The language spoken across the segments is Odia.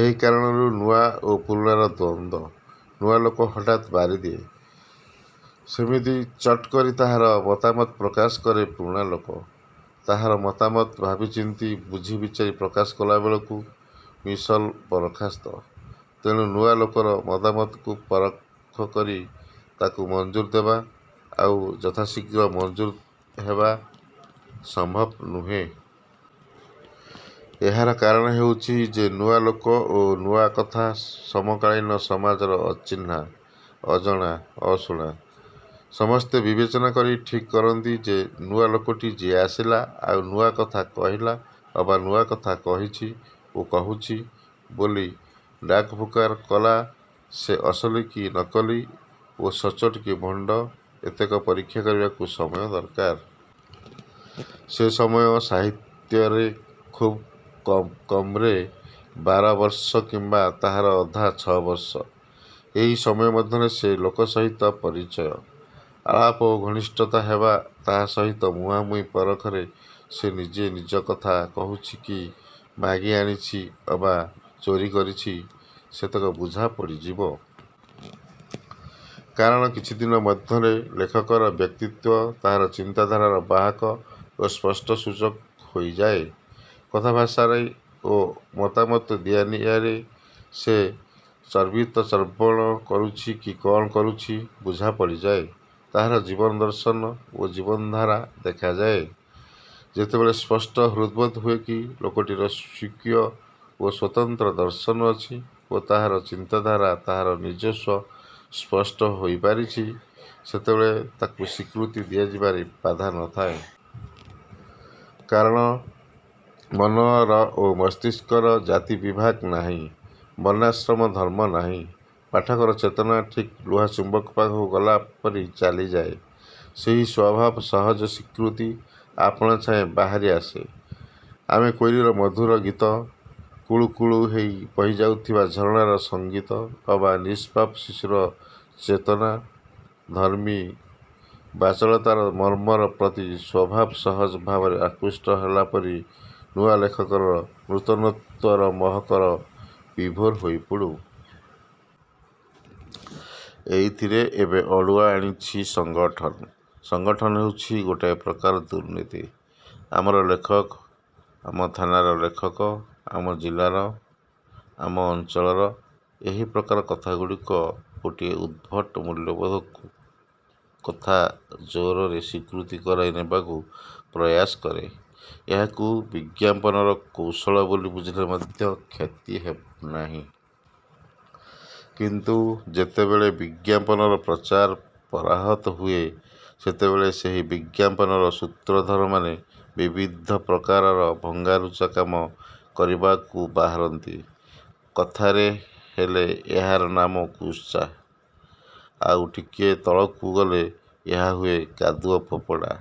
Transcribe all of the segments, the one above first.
ଏହି କାରଣରୁ ନୂଆ ଓ ପୁରୁଣାର ଦ୍ୱନ୍ଦ୍ୱ। ନୂଆ ଲୋକ ହଠାତ୍ ବାରିଦିଏ-ସେମିତି ଚଟ୍ କରି ତାହାର ମତାମତ ପ୍ରକାଶ କରେ। ପୁରୁଣା ଲୋକ-ତାହାର ମତାମତ ଭାବିଚିନ୍ତି ବୁଝି ବିଚାରି ପ୍ରକାଶ କଲାବେଳକୁ ମିସଲ୍ ବରଖାସ୍ତ। ତେଣୁ ନୂଆ ଲୋକର ମତାମତକୁ ପରଖ କରି ତାକୁ ମଞ୍ଜୁର ଦେବା-ଆଉ ଯଥା ଶୀଘ୍ର ମଞ୍ଜୁର ହେବା-ସମ୍ଭବ ନୁହେଁ। ଏହାର କାରଣ ହେଉଛି ଯେ ନୂଆ ଲୋକ ଓ ନୂଆ କଥା ସମକାଳୀନ ସମାଜର ଅଚିହ୍ନା-ଅଜଣା-ଅଶୁଣା। ସମସ୍ତେ ବିବେଚନା କରି ଠିକ୍ କରନ୍ତି ଯେ ନୂଆ ଲୋକଟି ଯିଏ ଆସିଲା ଆଉ ନୂଆ କଥା କହିଲା ଅବା ନୂଆ କଥା କହିଛି ଓ କହୁଛି ବୋଲି ଡାକଫୁକାର କଲା ସେ ଅସଲି କି ନକଲି ଓ ସଚ୍ଚୋଟ କି ଭଣ୍ଡ ଏତକ ପରୀକ୍ଷା କରିବାକୁ ସମୟ ଦରକାର। ସେ ସମୟ ସାହିତ୍ୟରେ ଖୁବ୍ କମ୍ରେ ବାରବର୍ଷ କିମ୍ବା ତାହାର ଅଧା ଛଅବର୍ଷ। ଏହି ସମୟ ମଧ୍ୟରେ ସେ ଲୋକ ସହିତ ପରିଚୟ, ଆଳାପ ଓ ଘନିଷ୍ଠତା ହେବ। ତାହା ସହିତ ମୁହାଁମୁହିଁ ପରଖରେ ସେ ନିଜେ ନିଜ କଥା କହୁଛି କି ମାଗି ଆଣିଛି ଅବା ଚୋରି କରିଛି-ସେତକ ବୁଝା ପଡ଼ିଯିବ। କାରଣ କିଛି ଦିନ ମଧ୍ୟରେ ଲେଖକର ବ୍ୟକ୍ତିତ୍ୱ ତାହାର ଚିନ୍ତାଧାରାର ବାହକ ଓ ସ୍ପଷ୍ଟ ସୂଚକ ହୋଇଯାଏ। କଥା ଭାଷାରେ ଓ ମତାମତ ଦିଆନିଆରେ ସେ ଚର୍ବିତଚର୍ବଣ କରୁଛି କି କ'ଣ କରୁଛି ବୁଝାପଡ଼ିଯାଏ। ତାହାର ଜୀବନ ଦର୍ଶନ ଓ ଜୀବନର ଧାରା ଦେଖାଯାଏ। ଯେତେବେଳେ ସ୍ପଷ୍ଟ ହୃଦବୋଧ ହୁଏ କି ଲୋକଟିର ସ୍ୱକୀୟ ଓ ସ୍ୱତନ୍ତ୍ର ଦର୍ଶନ ଅଛି ଓ ତାହାର ଚିନ୍ତାଧାରା ତାହାର ନିଜସ୍ୱ ହୋଇ ସ୍ପଷ୍ଟ ହୋଇ ପାରିଛି ସେତେବେଳେ ତାକୁ ସ୍ୱୀକୃତି ଦିଆଯିବାରେ ବାଧା ନ ଥାଏ। କାରଣ ମନର ଓ ମସ୍ତିଷ୍କର ଜାତିବିଭାଗ ନାହିଁ। ବର୍ଣ୍ଣାଶ୍ରମ ଧର୍ମ ନାହିଁ। ପାଠକର ଚେତନା ଠିକ୍ ଲୁହା ଚୁମ୍ବକ ପାଖକୁ ଗଲାପରି ଚାଲିଯାଏ। ସେହି ସ୍ୱାଭାବ ସହଜ ସ୍ୱୀକୃତି ଆପଣା ଛାଏଁ ବାହାରି ଆସେ-ଆମେ କୋଇଲିର ମଧୁର ଗୀତ, କୁଳୁକୁଳୁ ହେଇ ବହିଯାଉଥିବା ଝରଣାର ସଙ୍ଗୀତ ଅବା ନିଷ୍ପାପ ଶିଶୁର ଚେତନ-ଧର୍ମୀ ବାଚାଳତାର ମର୍ମର ପ୍ରତି ସ୍ୱଭାବ ସହଜ ଭାବରେ ଆକୃଷ୍ଟ ହେଲା ପରି ନୂଆ ଲେଖକର ନୂତନତ୍ୱର ମହକରେ ବିଭୋର ହୋଇପଡ଼ୁ। ଏଇଥିରେ ଏବେ ଅଡ଼ୁଆ ଆଣିଛି ସଂଗଠନ। ସଂଗଠନ ହେଉଛି ଗୋଟାଏ ପ୍ରକାର ଦୁର୍ନୀତି। ଆମର ଲେଖକ-ଆମ ଥାନାର ଲେଖକ-ଆମ ଜିଲ୍ଲାର-ଆମ ଅଞ୍ଚଳର-ଏହି ପ୍ରକାରର କଥାଗୁଡ଼ିକ ଗୋଟିଏ ଉଦ୍ଭଟ ମୂଲ୍ୟବୋଧକୁ କଥା ଜୋରରେ ସ୍ୱୀକୃତ କରାଇ ନେବାକୁ ପ୍ରୟାସ କରେ। ଏହାକୁ ବିଜ୍ଞାପନର କୌଶଳ ବୋଲି ବୁଝିଲେ ମଧ୍ୟ କ୍ଷତି ନାହିଁ। କିନ୍ତୁ ଯେତେବେଳେ ବିଜ୍ଞାପନର ପ୍ରଚାର ପରାହତ ହୁଏ ସେତେବେଳେ ସେହି ବିଜ୍ଞାପନର ସୂତ୍ରଧରମାନେ ବିବିଧ ପ୍ରକାରର ଭଙ୍ଗାରୁଜା କାମ କରିବାକୁ ବାହାରନ୍ତି। କଥାରେ ହେଲେ ଏହାର ନାମ କୁତ୍ସା। ଆଉ ଟିକିଏ ତଳକୁ ଗଲେ ଏହା ହୁଏ କାଦୁଅ ଫୋପଡ଼ା।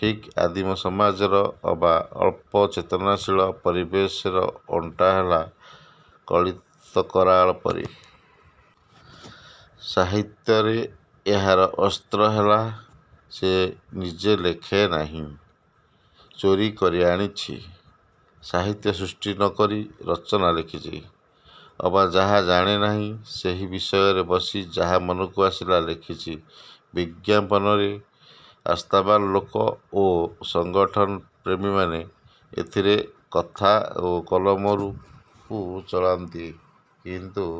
ଠିକ୍ ଆଦିମ ସମାଜର ଅବା ଅଳ୍ପ ଚେତନଶୀଳ ପରିବେଶର ଅଣ୍ଟାହଲା କଳିତକରାଳ ପରି। ସାହିତ୍ୟରେ ଏହାର ଅସ୍ତ୍ର ହେଲା-ସେ ନିଜେ ଲେଖି ନାହିଁ। ଚୋରି କରି ଆଣିଛି। ସାହିତ୍ୟ ସୃଷ୍ଟି ନ କରି ରଚନା ଲେଖିଛି। ଅବା ଯାହା ଜାଣେ ନାହିଁ ସେହି ବିଷୟରେ ବସି ଯାହା ମନକୁ ଆସିଲା ଲେଖିଛି। ବିଜ୍ଞାପନରେ ଆସ୍ଥାବାନ୍ ଲୋକେ ଓ ସଂଗଠନ-ପ୍ରେମୀମାନେ ଏଥିରେ କଥା ଓ କଲମକୁ ଚଳାନ୍ତି। କିନ୍ତୁ